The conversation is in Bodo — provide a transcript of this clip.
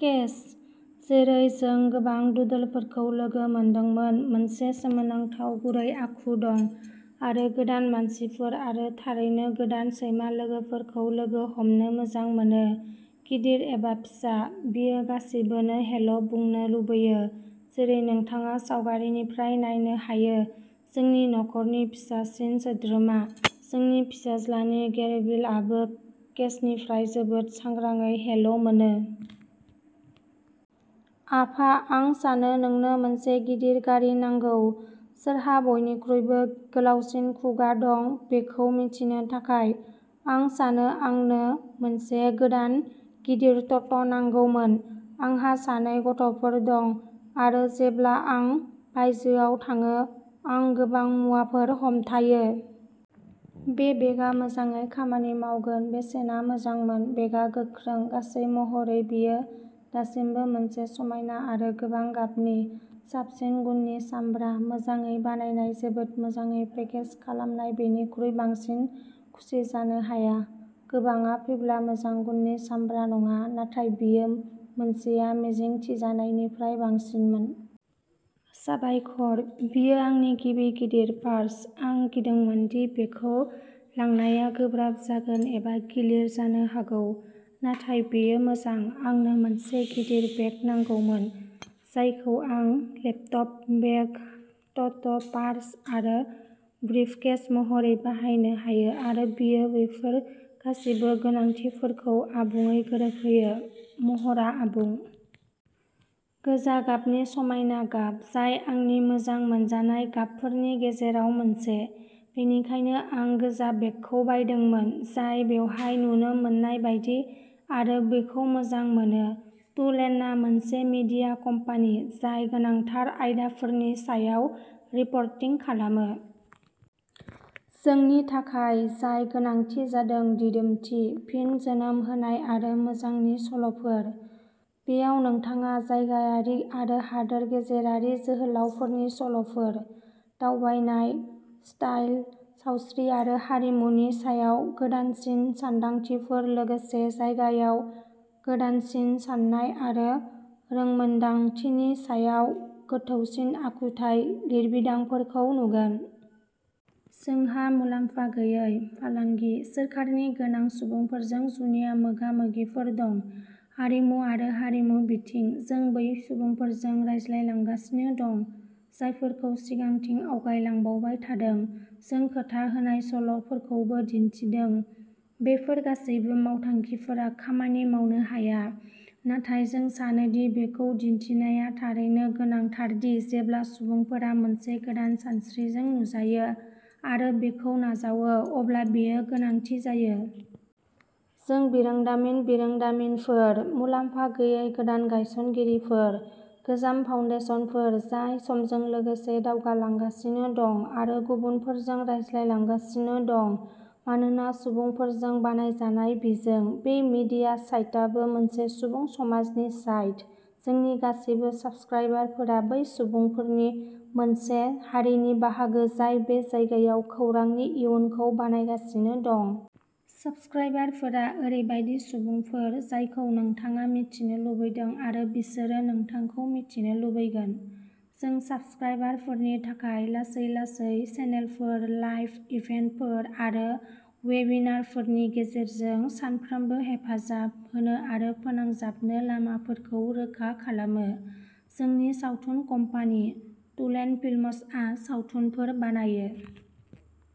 केस, जेरै जों गोबां डुडलफोरखौ लोगो मोनदोंमोन, मोनसे सोमोनांथाव गुरै आखु दं आरो गोदान मानसिफोर आरो थारैनो गोदान सैमा लोगोफोरखौ लोगो हमनो मोजां मोनो। गिदिर एबा फिसा, बियो गासिबोनो हेल' बुंनो लुबैयो, जेरै नोंथाङा सावगारिनिफ्राय नायनो हायो, जोंनि नखरनि फिसासिन सोद्रोमा, जोंनि फिसाज्लानि गेरबिलआबो केसनिफ्राय जोबोद सांग्राङै हेल' मोनो। आफा, आं सानो नोंनो मोनसे गिदिर गारि नांगौ, सोरहा बयनिख्रुइबो गोलावसिन खुगा दं बेखौ मिथिनो थाखाय, आं सानो आंनो मोनसे गोदान गिदिर ट'ट' नांगौमोन। आंहा सानै गथ'फोर दं आरो जेब्ला आं बायजोआव थाङो आं गोबां मुवाफोर हमथायो। बे बेगआ मोजाङै खामानि मावगोन। बेसेना मोजांमोन, बेगआ गोख्रों। गासै महरै बेयो दासिमबो मोनसे समायना आरो गोबां गाबनि। साबसिन गुननि सामब्रा, मोजाङै बानायनाय जोबोद मोजाङै पेकेज खालामनाय बेनिख्रुइ बांसिन खुसि जानो हाया। गोबांआ फैब्ला मोजां गुननि सामब्रा नङा, नाथाय बेयो मोनसेया मिजिंथिजानायनिफ्राय बांसिनमोन। साबायखर। बेयो आंनि गिबि गिदिर पार्स। आं गिदोंमोन दि बेखौ लांनाया गोब्राब जागोन एबा गिलिर जानो हागौ, नाथाय बेयो मोजां। आंनो मोनसे गिदिर बेग नांगौमोन जायखौ आं लेपटप बेग, ट'ट, पार्स आरो ब्रिफकेस महरै बाहायनो हायो आरो बेयो बैफोर गासिबो गोनांथिफोरखौ आबुङै गोरोबहोयो, महरआ आबुं। गोजा गाबनि समायना गाब जाय आंनि मोजां मोनजानाय गाबफोरनि गेजेराव मोनसे। बेनिखायनो, आं गोजा बेगखौ बायदोंमोन जाय बेवहाय नुनो मोननाय बायदि आरो बेखौ मोजां मोनो। टू लेनआ मोनसे मीडिया कम्पानि जाय गोनांथार आयदाफोरनि सायाव रिपर्टिं खालामो। जोंनि थाखाय जाय गोनांथिया जादों दिदोमथि, फिन जोनोम होनाय आरो मोजांनि सल'फोर। बेयाव नोंथाङा जायगायारि आरो हादोर गेजेरारि जोहोलावफोरनि सल'फोर, दावबायनाय, स्टाइल, सावस्रि आरो हारिमुनि सायाव गोदानसिन सानदांथिफोर लोगोसे जायगायाव गोदानसिन साननाय आरो रोंमोनदांथिनि सायाव गोथौसिन आखुथाय लिरबिदांफोरखौ नुगोन। जोंहा मुलाम्फा गैयै, फालांगि, सोरखारनि गोनां सुबुंफोरजों जुनिया मोगा-मोगिफोर दं। हारिमु आरो हारिमु बिथिं। जों बै सुबुंफोरजों रायज्लांगासिनो दं, जायफोरखौ सिगांथिं आवगाय लांबावबाय थादों। जों खोथा होनाय सल "फोरखौबो दिन्थिदों। बेफोर गासैबो मावथांखिफोरा खामानि मावनो हाया, नाथाय जों सानो दि बेखौ दिन्थिनाया थारैनो गोनांथार दि जेब्ला सुबुंफोरा मोनसे गोदान सानस्रिजों नुजायो आरो बेखौ नाजावो अब्ला बेयो गोनांथि जायो। जों बिरोंदामिन बिरोंदामिनफोर, मुलाम्फा गैयै गोदान गायसनगिरिफोर, गोजाम फाउन्डेसनफोर जाय समजों लोगोसे दावगालांगासिनो दं आरो गुबुनफोरजों रायज्लांगासिनो दं। मानोना सुबुंफोरजों बानायजानाय बिजों, बे मिडिया साइटाबो मोनसे सुबुं समाजनि साइट। जोंनि गासिबो साबस्क्राइबारफोरा बै सुबुंफोरनि मोनसे हारिनि बाहागो जाय बे जायगायाव खौरांनि इयुनखौ बानायगासिनो दं। साबस्क्राइबारफोरा ओरैबायदि सुबुंफोर जायखौ नोंथाङा मिन्थिनो लुबैदों आरो बिसोरो नोंथांखौ मिन्थिनो लुबैगोन। जों साबस्क्राइबारफोरनि थाखाय लासै-लासै चेनेलफोर, लाइभ इभेन्टफोर आरो वेबिनारफोरनि गेजेरजों सानफ्रोमबो हेफाजाब होनो आरो फोनांजाबनो लामाफोरखौ रोखा खालामो। जोंनि सावथुन कम्पानि, टू लेन फिल्म्सआ सावथुनफोर बानायो।